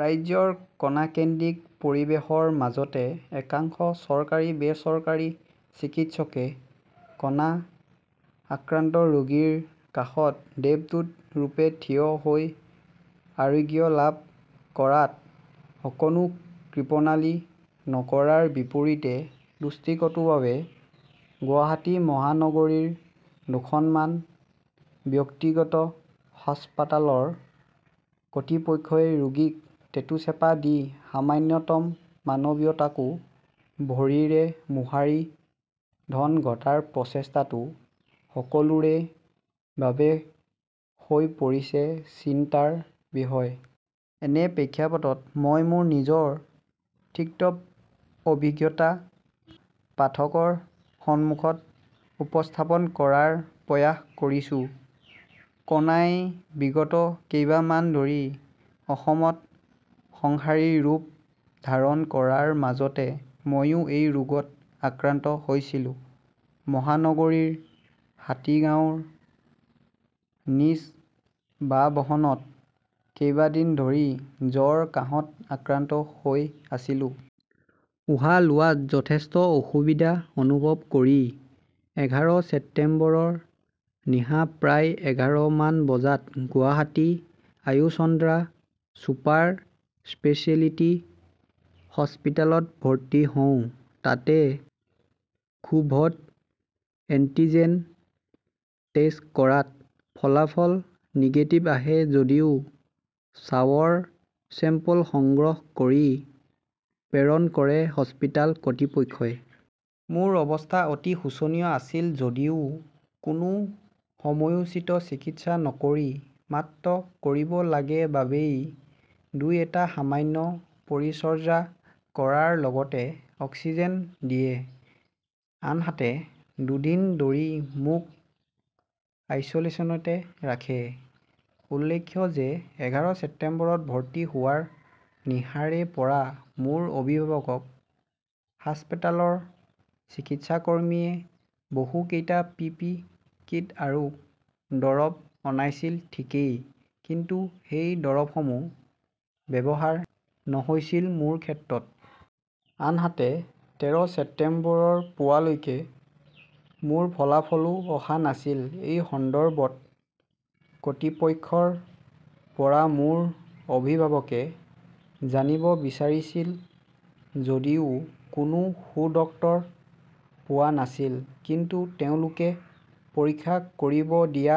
ৰাজ্যৰ কণাকেন্দ্ৰিক পৰিবেশৰ মাজতে একাংশ চৰকাৰী-বেচৰকাৰী চিকিৎসকে কণা আক্ৰান্ত ৰোগীৰ কাষত দেৱদূত ৰূপে থিয় হৈ আৰোগ্য লাভ কৰাত অকণো কৃপনালি নকৰাৰ বিপৰীতে দূষ্টিকটুভাৱে গুৱাহাটী মহানগৰীৰ দুখনমান ব্যক্তিগত হাস্পতালৰ কতৃপক্ষই ৰোগীক টেটুচেপা দি সামান্যতম মানৱীয়তাকো ভৰিৰে মোহাৰি ধন ঘটাৰ প্ৰচেষ্টাটো সকলোৰে বাবে হৈ পৰিছে চিন্তাৰ বিষয়। এনে প্ৰেক্ষাপটত মই মোৰ নিজৰ তিক্ত অভিজ্ঞতা পাঠকৰ সন্মুখত উপস্থাপন কৰাৰ প্ৰয়াস কৰিছো। কণাই বিগত কেইবামাহ ধৰি অসমত সংহাৰী ৰূপ ধাৰণ কৰাৰ মাজতে মইও এই ৰোগত আক্ৰান্ত হৈছিলো। মহানগৰীৰ হাতীগাঁৱৰ নিজ বাসভৱনত কেইবাদিন ধৰি জ্বৰ কাঁহত আক্ৰান্ত হৈ আছিলো। উশাহ লোৱাত যথেষ্ট অসুবিধা অনুভৱ কৰি এঘাৰ ছেপ্তেম্বৰৰ নিশা প্ৰায় এঘাৰ মান বজাত গুৱাহাটী আয়ুচন্দ্ৰা চুপাৰ স্পেছিয়েলিটি হাস্পতালত ভৰ্তি হওঁ। তাতে কোভড এন্টিজেন্ট টেষ্ট কৰাত ফলাফল নিগেটিভ আহে যদিও স্বাৱৰ চেম্পল সংগ্ৰহ কৰি প্ৰেৰণ কৰে হাস্পতাল কতৃপক্ষই। মোৰ অৱস্থা অতি শোচনীয় আছিল যদিও কোনো সময়োচিত চিকিৎসা নকৰি মাত্ৰ কৰিব লাগে বাবেই দুই এটা সামান্য পৰিচৰ্যা কৰাৰ লগতে অক্সিজেন দিয়ে। আনহাতে দুদিন ধৰি মোক আইচলেশ্যনতে ৰাখে। উল্লেখ্য যে এঘাৰ ছেপ্তেম্বৰত ভৰ্তি হোৱাৰ নিশাৰে পৰা মোৰ অভিভাৱকক হাস্পতালৰ চিকিৎসাকৰ্মীয়ে বহু কেইটা পি পি কিট আৰু দৰৱ অনাইছিল ঠিকেই, কিন্তু সেই দৰৱসমূহ ব্যৱহাৰ নহৈছিল মোৰ ক্ষেত্ৰত। আনহাতে তেৰ ছেপ্তেম্বৰৰ পুৱালৈকে মোৰ ফলাফলো অহা নাছিল। এই সন্দৰ্ভত কতৃপক্ষৰ পৰা মোৰ অভিভাৱকে জানিব বিছাৰিছিল যদিও কোনো সুদত্তৰ পোৱা নাছিল। কিন্তু তেওঁলোকে পৰীক্ষা কৰিব দিয়া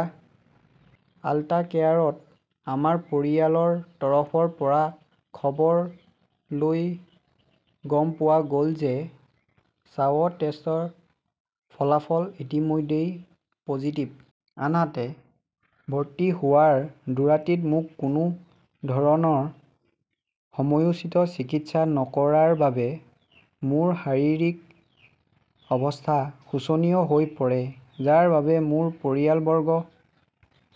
আল্টা কেয়াৰত আমাৰ পৰিয়ালৰ তৰফৰ পৰা খৱৰ লৈ গম পোৱা গল যে স্বাৱ টেষ্টৰ ফলাফল ইতিমধ্যেই পজিটিভ। আনহাতে ভৰ্তি হোৱাৰ দুৰাতিত মোক কোনো ধৰণৰ সময়োচিত চিকিৎসা নকৰাৰ বাবে মোৰ শাৰিৰীক অৱস্থা শোচনীয় হৈ পৰে। যাৰ বাবে মোৰ পৰিয়াল বৰ্গ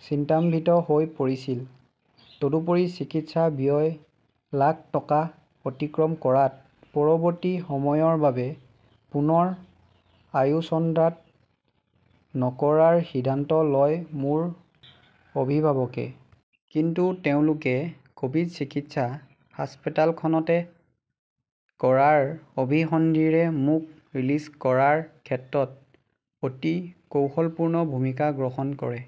চিন্তাম্বিত হৈ পৰিছিল। তদুপৰি চিকিৎসা ব্যয় লাখ টকা অতিক্ৰম কৰাত পৰৱতী সময়ৰ বাবে পুনৰ আয়ুসচন্দ্ৰাত নৰখাৰ সিদ্ধান্ত লয়, মোৰ অভিভাৱকে। কিন্তু তেওঁলোকে কোভিড চিকিৎসা হাস্পতালখনতে কৰাৰ অভিসন্ধিৰে মোক ৰিলিজ কৰাৰ ক্ষেত্ৰত অতি কৌশলপূৰ্ণ ভূমিকা গ্ৰহণ কৰে।